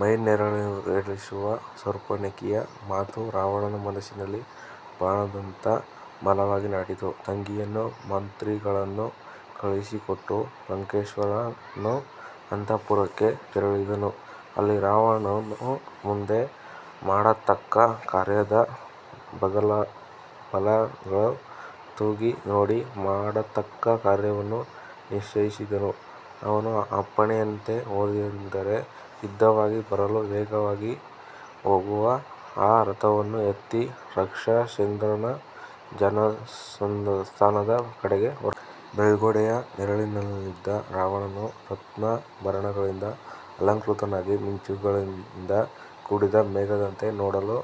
ಮೈನವಿರೇಳಿಸುವ ಶೂರ್ಪನಖಿಯ ಮಾತು ರಾವಣನ ಮನಸ್ಸಿನಲ್ಲಿ ಬಾಣದಂತ ಬಲವಾಗಿ ನಾಟಿತು. ತಂಗಿಯನ್ನೂ ಮಂತ್ರಿಗಳನ್ನೂ ಕಳುಹಿಸಿಕೊಟ್ಟು ಲಂಕೇಶ್ವರನು ಅಂತಃಪುರಕ್ಕೆ ತೆರಳಿದನು. ಅಲ್ಲಿ ರಾವಣನು ಮುಂದೆ ಮಾಡತಕ್ಕ ಕಾರ್ಯದ ಬಲಾಬಲಗಳನ್ನು ತೂಗಿ ನೋಡಿ, ಮಾಡತಕ್ಕ ಕಾರ್ಯವನ್ನು ನಿಶ್ಚೈಸಿದನು. ಅವನ ಅಪ್ಪಣೆಯಂತೆ ಹೊಂದೇರು ಸಿದ್ಧವಾಗಿ ಬರಲು, ವೇಗವಾಗಿ ಹೋಗುವ ಆ ರಥವನ್ನು ಹತ್ತಿ ರಾಕ್ಷಸೇಂದ್ರನು ಜನಸ್ಥಾನದ ಕಡೆಗೆ ಹೊರಟನು. ಬೆಳ್ಗೊಡೆಯ ನೆರಳಿನಲ್ಲಿದ್ದ ರಾವಣನು ರತ್ನಾಭರಣಗಳಿಂದ ಅಲಂಕೃತನಾಗಿ, ಮಿಂಚುಗಳಿಂದ ಕೂಡಿದ ಮೇಘದಂತೆ ನೋಡಲು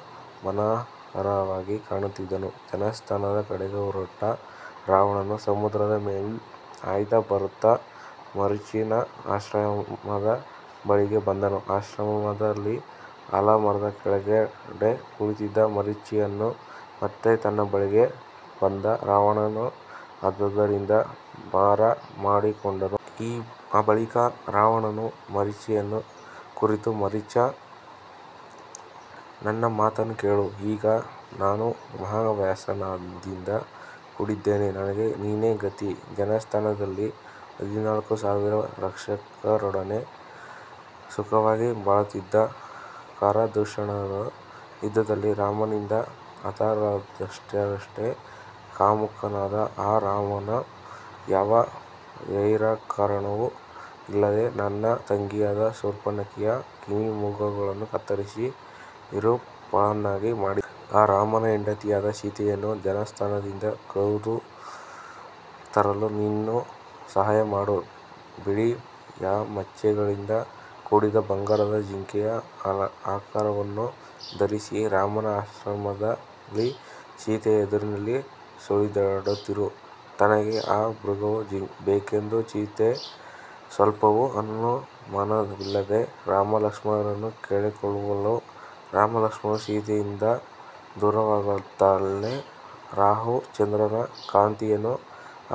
ಮನೋಹರವಾಗಿ ಕಾಣುತ್ತಿದ್ದನು. ಜನಸ್ಥಾನದ ಕಡೆಗೆ ಹೊರಟ ರಾವಣನು ಸಮುದ್ರದ ಮೇಲೆ ಹಾಯ್ದುಬರುತ್ತ, ಮಾರೀಚನ ಆಶ್ರಮದ ಬಳಿಗೆ ಬಂದನು. ಆಶ್ರಮದಲ್ಲಿ ಆಲದಮರದ ಕೆಳಗಡೆ ಕುಳಿತಿದ್ದ ಮಾರೀಚನು, ಮತ್ತೆ ತನ್ನ ಬಳಿಗೆ ಬಂದ ರಾವಣನ್ನು ಆದರದಿಂದ ಬರಮಾಡಿಕೊಂಡನು. ಆ ಬಳಿಕ ರಾವಣನು ಮಾರೀಚನನ್ನು ಕುರಿತು, ಮಾರೀಚ, ನನ್ನ ಮಾತನ್ನು ಕೇಳು. ಈಗ ನಾನು ಮಹಾ ವ್ಯಸನದಿಂದ ಕೂಡಿದ್ದೇನೆ. ನನಗೆ ನೀನೇ ಗತಿ. ಜನಸ್ಥಾನದಲ್ಲಿ ಹದಿನಾಲ್ಕು ಸಾವಿರ ರಾಕ್ಷಸರೊಡನೆ ಸುಖವಾಗಿ ಬಾಳುತ್ತಿದ್ದ ಖರದೂಷಣರು ಯುದ್ಧದಲ್ಲಿ ರಾಮನಿಂದ ಹತರಾದರಷ್ಟೆ. ಕಾಮುಕನಾದ ಆ ರಾಮನು ಯಾವ ವೈರಕಾರಣವೂ ಇಲ್ಲದೆ ನನ್ನ ತಂಗಿಯಾದ ಶೂರ್ಪನಖಿಯ ಕಿವಿಮೂಗುಗಳನ್ನು ಕತ್ತರಿಸಿ ವಿರೂಪಳನ್ನಾಗಿ ಮಾಡಿದ್ದಾನೆ. ಆ ರಾಮನ ಹೆಂಡತಿಯಾದ ಸೀತೆಯನ್ನು ಜನಸ್ಥಾನದಿಂದ ಕದ್ದು ತರಲು ನೀನು ಸಹಾಯ ಮಾಡು. ಬಿಳಿಯಮಚ್ಚೆಗಳಿಂದ ಕೂಡಿದ ಬಂಗಾರದ ಜಿಂಕೆಯ ಆಕಾರವನನು ಧರಿಸಿ ರಾಮನ ಆಶ್ರಮದಲ್ಲಿ ಸೀತೆಯ ಎದುರಿನಲ್ಲಿ ಸುಳಿದಾಡುತ್ತಿರು. ತನಗೆ ಆ ಮೃಗವು ಬೇಕೆಂದು ಸೀತೆ ಸ್ವಲ್ಪವೂ ಅನುಮಾನವಿಲ್ಲದೆ ರಾಮಲಕ್ಷ್ಮಣರನ್ನು ಕೇಳಿಕೊಳ್ಳುವಳು. ರಾಮಲಕ್ಷ್ಮಣರು ಸೀತೆಯಿಂದ ದೂರವಾಗುತ್ತಲೆ, ರಾಹು ಚಂದ್ರನ ಕಾಂತಿಯನ್ನು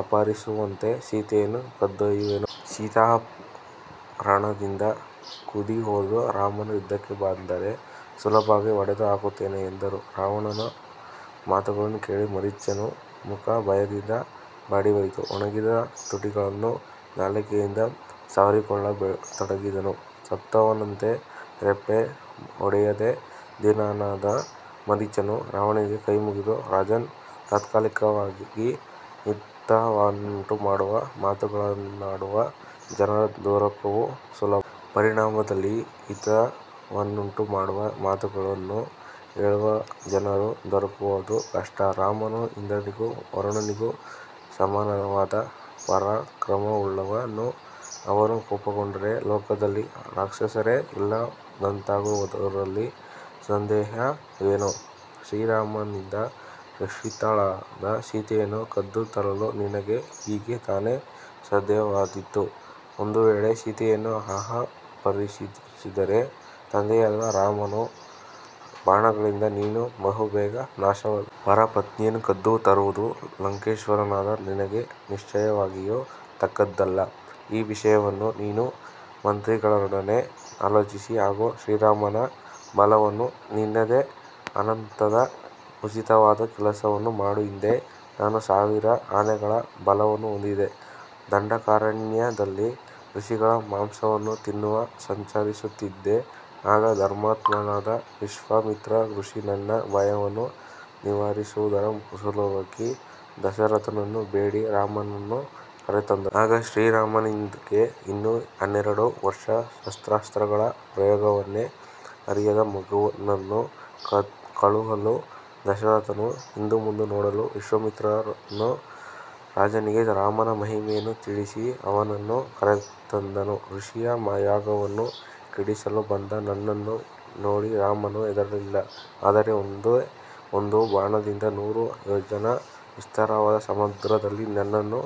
ಅಪಹರಿಸುವಂತೆ, ಸೀತೆಯನ್ನು ಕದ್ದೊಯ್ಯುವೆನು. ಸೀತಾಪಹರಣದಿಂದ ಕುಂದಿಹೋದ ರಾಮನು ಯುದ್ಧಕ್ಕೆ ಬಂದರೆ ಸುಲಭವಾಗಿ ಹೊಡೆದು ಹಾಕುತ್ತೇನೆ ಎಂದನು. ರಾವಣನ ಮಾತುಗಳನ್ನು ಕೇಳಿ ಮಾರೀಚನ ಮುಖ ಭಯದಿಂದ ಬಾಡಿಹೋಯಿತು. ಒಣಗಿದ ತುಟಿಗಳನ್ನು ನಾಲಗೆಯಿಂದ ಸವರಿಕೊಳ್ಳತೊಡಗಿದನು. ಸತ್ತವನಂತೆ ರೆಪ್ಪೆ ಹೊಡೆಯದೆ ದೀನನಾದ ಮಾರೀಚನು ರಾವಣನಿಗೆ ಕೈಮುಗಿದು, ರಾಜನ್, ತಾತ್ಕಾಲಿಕವಾಗಿ ಹಿತವನ್ನುಂಟುಮಾಡುವ ಮಾತುಗಳನ್ನಾಡುವ ಜನರು ದೊರಕುವುದು ಸುಲಭ. ಪರಿಣಾಮದಲ್ಲಿ ಹಿತವನ್ನುಂಟುಮಾಡುವ ಮಾತುಗಳನ್ನು ಹೇಳುವ ಜನರು ದೊರಕುವುದು ಕಷ್ಟ. ರಾಮನು ಇಂದ್ರನಿಗೂ ವರುಣನಿಗೂ ಸಮಾನವಾದ ಪರಾಕ್ರಮವುಳ್ಳವನು. ಅವನು ಕೋಪಗೊಂಡರೆ ಲೋಕದಲ್ಲಿ ರಾಕ್ಷಸರೆ ಇಲ್ಲದಂತಾಗುವುದರಲ್ಲಿ ಸಂದೇಹವೇನು? ಶ್ರೀರಾಮನಿಂದ ರಕ್ಷಿತಳಾದ ಸೀತೆಯನ್ನು ಕದ್ದು ತರಲು ನಿನಗೆ ಹೇಗೆ ತಾನೆ ಸಾಧ್ಯವಾದೀತು? ಒಂದುವೇಳೆ ಸೀತೆಯನ್ನು ಅಪಹರಿಸಿದರೆ ತಂದೆಯಾದ ರಾಮನ ಬಾಣಗಳಿಂದ ನೀನು ಬಹುಬೇಗ ನಾಶಹೊಂದುವೆ. ಪರಪತ್ನಿಯನ್ನು ಕದ್ದು ತರುವುದು ಲಂಕೇಶ್ವರನಾದ ನಿನಗೆ ನಿಶ್ಚಯವಾಗಿಯೂ ತಕ್ಕುದಲ್ಲ. ಈ ವಿಷಯವನ್ನು ನೀನು ಮಂತ್ರಿಗಳೊಡನೆ ಆಲೋಚಿಸಿ, ಹಾಗೂ ಶ್ರೀರಾಮನ ಬಲವನ್ನು ನೆನೆದು ಅನಂತರ ಉಚಿತವಾದ ಕೆಲಸವನ್ನು ಮಾಡು. ಹಿಂದೆ ನಾನು ಸಾವಿರ ಆನೆಗಳ ಬಲವನ್ನು ಹೊಂದಿ ದಂಡಕಾರಣ್ಯದಲ್ಲಿ ಋಷಿಗಳ ಮಾಂಸವನ್ನು ತಿನ್ನುತ್ತ ಸಂಚರಿಸುತ್ತಿದ್ದೆ. ಆಗ ಧರ್ಮಾತ್ಮನಾದ ವಿಶ್ವಾಮಿತ್ರ ಋಷಿ ನನ್ನ ಭಯವನ್ನು ನಿವಾರಿಸುವುದರ ಸಲುವಾಗಿ, ದಶರಥನನ್ನು ಬೇಡಿ ರಾಮನನ್ನು ಕರೆತಂದನು. ಆಗ ಶ್ರೀರಾಮಚಂದ್ರನಿಗೆ ಇನ್ನೂ ಹನ್ನೆರಡು ವರ್ಷ. ಶಸ್ತ್ರಾಸ್ತ್ರಗಳ ಪ್ರಯೋಗವನ್ನೇ ಅರಿಯದ ಮಗನನ್ನು ಕಳುಹಲು ದಶರಥನು ಹಿಂದುಮುಂದು ನೋಡಲು, ವಿಶ್ವಾಮಿತ್ರನು ರಾಜನಿಗೆ ರಾಮನ ಮಹಿಮೆಯನ್ನು ತಿಳಿಸಿ ಅವನನ್ನು ಕರೆತಂದನು. ಋಷಿಯ ಯಾಗವನ್ನು ಕೆಡಿಸಲು ಬಂದ ನನ್ನನ್ನು ನೋಡಿ ರಾಮನು ಹೆದರಲಿಲ್ಲ. ಆದರೆ ಒಂದೇ ಒಂದು ಬಾಣದಿಂದ ನೂರು ಯೋಜನ ವಿಸ್ತಾರವಾದ ಸಮುದ್ರದಲ್ಲಿ ನನ್ನನ್ನು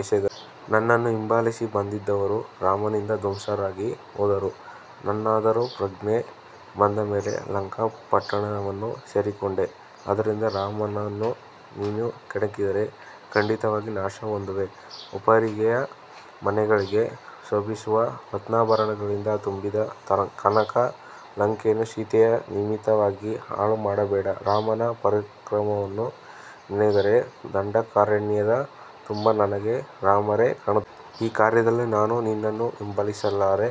ಎಸೆದನು. ನನ್ನನ್ನು ಹಿಂಬಾಲಿಸಿ ಬಂದಿದ್ದವರು ರಾಮನಿಂದ ಧ್ವಂಸರಾಗಿ ಹೋದರು. ನಾನಾದರೂ ಪ್ರಜ್ಞೆ ಬಂದಮೇಲೆ ಲಂಕಾಪಟ್ಟಣವನ್ನು ಸೇರಿಕೊಂಡೆ. ಆದ್ದರಿಂದ ರಾಮನನ್ನು ನೀನು ಕೆಣಕಿದರೆ ಖಂಡಿತವಾಗಿ ನಾಶಹೊಂದುವೆ. ಉಪ್ಪರಿಗೆಯ ಮನೆಗಳಿಂದ ಶೋಭಿಸುವ ರತ್ನಾಭರಣಗಳಿಂದ ತುಂಬಿದ ಕನಕ ಲಂಕೆಯನ್ನು ಸೀತೆಯ ನಿಮಿತ್ತವಾಗಿ ಹಾಳುಮಾಡಬೇಡ. ರಾಮನ ಪರಾಕ್ರಮವನ್ನು ನೆನೆದರೆ ದಂಡಕಾರಣ್ಯದ ತುಂಬ ನನಗೆ ರಾಮರೇ ಕಾಣುತ್ತಾರೆ. ಈ ಕಾರ್ಯದಲ್ಲಿ ನಾನು ನಿನ್ನನ್ನು ಹಿಂಬಾಲಿಸಲಾರೆ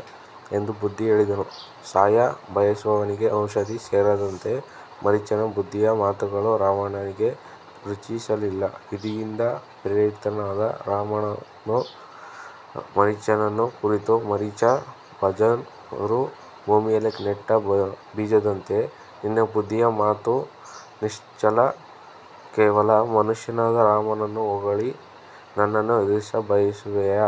ಎಂದು ಬುದ್ಧಿ ಹೇಳಿದನು. ಸಾಯ ಬಯಸುವವನಿಗೆ ಔಷಧಿ ಸೇರದಂತೆ, ಮಾರೀಚನ ಬುದ್ಧಿಯ ಮಾತುಗಳು ರಾವಣನಿಗೆ ರುಚಿಸಲಿಲ್ಲ. ವಿಧಿಯಿಂದ ಪ್ರೇರಿತನಾದ ರಾವಣನು ಮಾರೀಚನನ್ನು ಕುರಿತು, ಮಾರೀಚ, ಬಂಜರು ಭೂಮಿಯಲ್ಲಿ ನೆಟ್ಟ ಬೀಜದಂತೆ ನಿನ್ನ ಬುದ್ಧಿಯ ಮಾತು ನಿಷ್ಫಲ. ಕೇವಲ ಮನುಷ್ಯನಾದ ರಾಮನನ್ನು ಹೊಗಳಿ ನನ್ನನ್ನು ಹೆದರಿಸಬಯಸುವೆಯಾ?